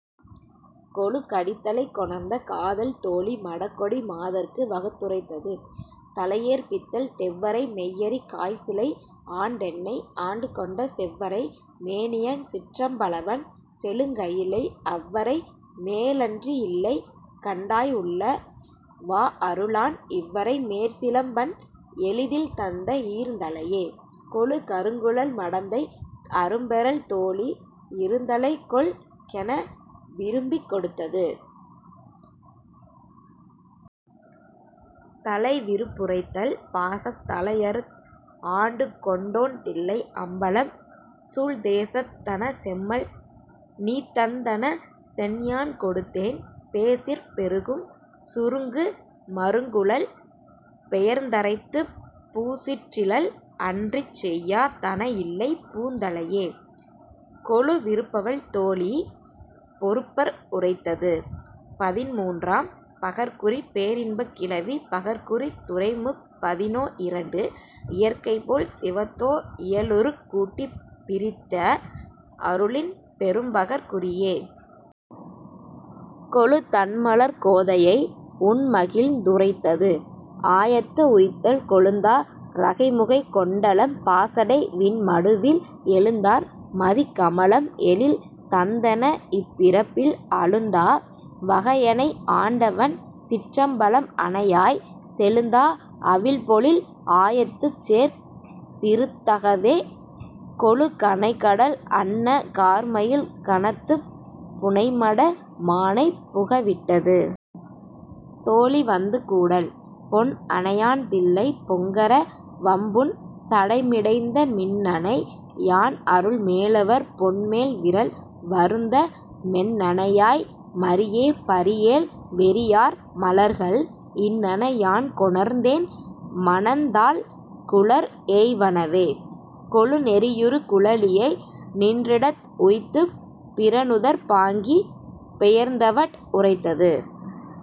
கொளு கடித்தழை கொணர்ந்த காதல் தோழி மடக்கொடி மாதர்க்கு வகுத்துரைத்தது.. தழையேற்பித்தல் தெவ்வரை மெய்யெரி காய்சிலை ஆண்டென்னை ஆண்டுகொண்ட செவ்வரை மேனியன் சிற்றம் பலவன் செழுங்கயிலை அவ்வரை மேலன்றி யில்லைகண் டாய்உள்ள வாஅருளான்। இவ்வரை மேற்சிலம் பன்எளி தில்தந்த ஈர்ந்தழையே... கொளு கருங்குழல் மடந்தைக் அரும்பெறல் தோழி இருந்தழை கொள்கென விரும்பிக் கொடுத்தது.. தழை விருப்புரைத்தல் பாசத் தளையறுத் ஆண்டுகொண் டோன்தில்லை அம்பலம் சூழ் தேசத் தனசெம்மல் நீதந் தனசென் யான்கொடுத்தேன் பேசிற் பெருகும் சுருங்கு மருங்குழல் பெயர்ந்தரைத்துப் பூசிற் றிலள்அன்றிச் செய்யா தனஇல்லை பூந்தழையே... கொளு விருப்பவள் தோழி பொருப்பற் உரைத்தது. பதின்மூன்றாம். பகற்குறி பேரின்பக் கிளவி பகற்குறித் துறைமுப் பதினோ இரண்டு இயற்கைபோல் சிவத்தோ இயலுறுக் கூட்டிப் பிரித்த அருளின் பெரும்பகற் குறியே.. கொளு தண்மலர்க் கோதையை உண்மகிழ்ந் உரைத்தது.. ஆயத்து உய்த்தல் கொழுந்தா ரகைமுகை கொண்டலம் பாசடை விண்மடுவில் எழுந்தார் மதிக்கம லம்எழில் தந்தென இப்பிறப்பில் அழுந்தா வகையெனை ஆண்டவன் சிற்றம் பலம்அனையாய் செழுந்தா அவிழ்பொழில் ஆயத்துச் சேர்க் திருத்தகவே... கொளு கனைகடல் அன்ன கார்மயில் கணத்துப் புனைமட மானைப் புகவிட்டது.. தோழி வந்து கூடல் பொன்அனை யான்தில்லைப் பொங்கர வம்புன் சடைமிடைந்த மின்னனை யான்அருள் மேலவர் போன்மெல் விரல் வருந்த மென்னனை யாய்மறி யேபறி யேல்வெறி யார்மலர்கள் இன்னன யான்கொணர்ந் தேன்மணந் தாழ்குழற் ஏய்வனவே... கொளு நெறியுறு குழலியை நின்றிடத் உய்த்துப் பிறைநுதற் பாங்கி பெயர்ந்தவட் உரைத்தது..